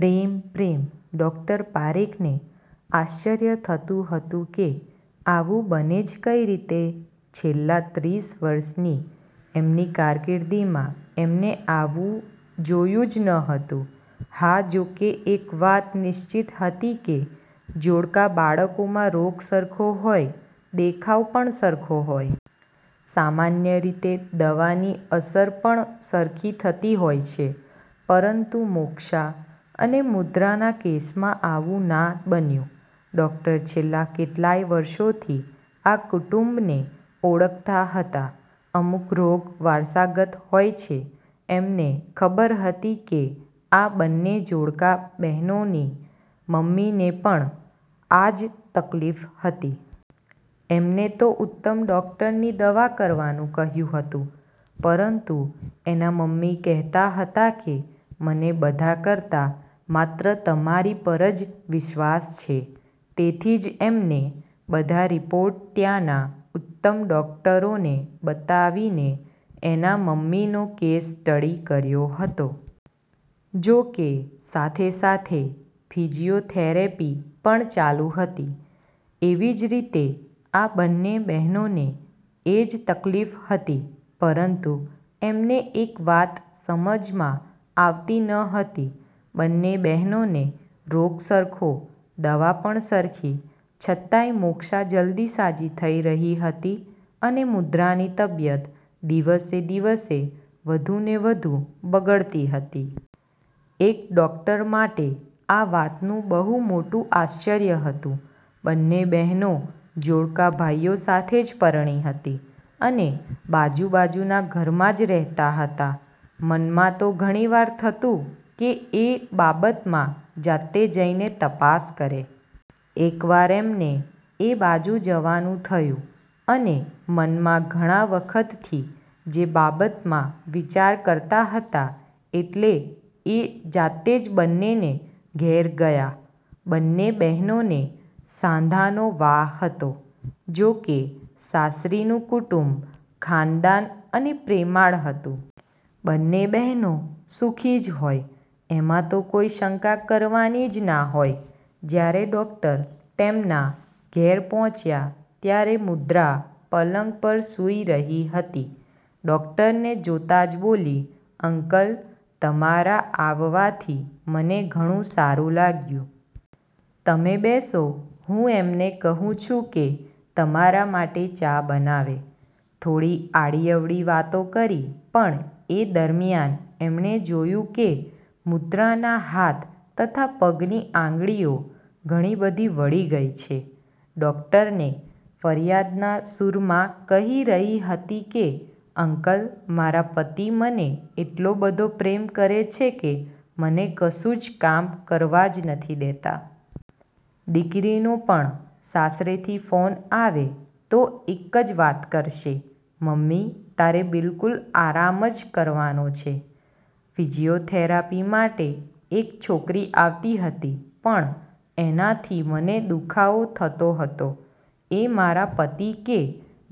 પ્રેમ, પ્રેમ! ડોક્ટર પારેખને આશ્ચર્ય થતું હતું કે આવું બને જ કઈ રીતે? છેલ્લા ત્રીસ વર્ષની એમની કારકિર્દીમાં એમને આવું જોયુ જ ન હતું. હા, જો કે એક વાત નિશ્ચિત હતી કે જોડકા બાળકોમાં રોગ સરખો હોય, દેખાવ પણ સરખો હોય. સામાન્ય રીતે દવાની અસર પણ સરખી થતી હોય છે. પરંતુ મોક્ષા અને મુદ્રાના કેસમાં આવું ના બન્યું. ડોક્ટર છેલ્લા કેટલાય વર્ષોથી આ કુટુંબને ઓળખતા હતા. અમુક રોગ વારસાગત હોય છે. એમને ખબર હતી કે આ બંને જોડકા બહેનોની મમ્મીને પણ આ જ તકલીફ હતી. એમને તો ઉત્તમ ડોક્ટરની દવા કરવાનું કહ્યું હતું પરંતુ એના મમ્મી કહેતા હતાં કે,"મને બધા કરતાં માત્ર તમારી પર જ વિશ્વાસ છે." તેથી જ એમને બધા રિપોર્ટ ત્યાંના ઉત્તમ ડોક્ટરોને બતાવીને એના મમ્મીનો કેસ સ્ટડી કર્યો હતો. જો કે સાથે-સાથે ફિજીયોથેરેપી પણ ચાલુ હતી. એવી જ રીતે આ બંને બહેનોને એ જ તકલીફ હતી. પરંતુ એમને એક વાત સમજમાં આવતી ન હતી, બંને બહેનોને રોગ સરખો, દવા પણ સરખી, છતાંય મોક્ષા જલ્દી સાજી થઈ રહી હતી અને મુદ્રાની તબિયત દિવસે-દિવસે વધુને વધુ બગડતી હતી. એક ડોક્ટર માટે આ વાતનું બહુ મોટું આશ્ચર્ય હતું. બંને બહેનો જોડકા ભાઈઓ સાથે જ પરણી હતી, અને બાજુ-બાજુના ઘરમાં જ રહેતા હતા. મનમાં તો ઘણીવાર થતું કે એ બાબતમાં જાતે જઈને તપાસ કરે. એકવાર એમને એ બાજુ જવાનું થયું અને મનમાં ઘણા વખતથી જે બાબતમાં વિચાર કરતા હતાં એટલે એ જાતે જ બંનેને ઘેર ગયા. બંને બહેનોને સાંધાનો વા હતો. જો કે સાસરીનું કુટુંબ ખાનદાન અને પ્રેમાળ હતું. બંને બહેનો સુખી જ હોય એમાં તો કોઈ શંકા કરવાની જ ના હોય. જ્યારે ડોક્ટર તેમના ઘેર પહોંચ્યા ત્યારે મુદ્રા પલંગ પર સૂઈ રહી હતી. ડોક્ટર ને જોતા જ બોલી,"અંકલ, તમારા આવવાથી મને ઘણું સારું લાગ્યું. તમે બેસો, હું એમને કહું છું કે તમારા માટે ચા બનાવે." થોડી આડીઅવળી વાતો કરી પણ એ દરમ્યાન એમણે જોયું કે મુદ્રાના હાથ તથા પગની આંગળીઓ ઘણી બધી વળી ગઈ છે. ડોક્ટરને ફરિયાદના સૂરમાં કહી રહી હતી કે, "અંકલ, મારા પતિ મને એટલો બધો પ્રેમ કરે છે કે મને કશું જ કામ કરવા જ નથી દેતાં. દીકરીનો પણ સાસરેથી ફોન આવે તો એક જ વાત કરશે, "મમ્મી, તારે બિલકુલ આરામ જ કરવાનો છે." ફિઝિયોથેરાપી માટે એક છોકરી આવતી હતી પણ એનાથી મને દુખાવો થતો હતો એ મારા પતિ કે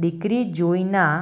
દીકરી જોઈ ના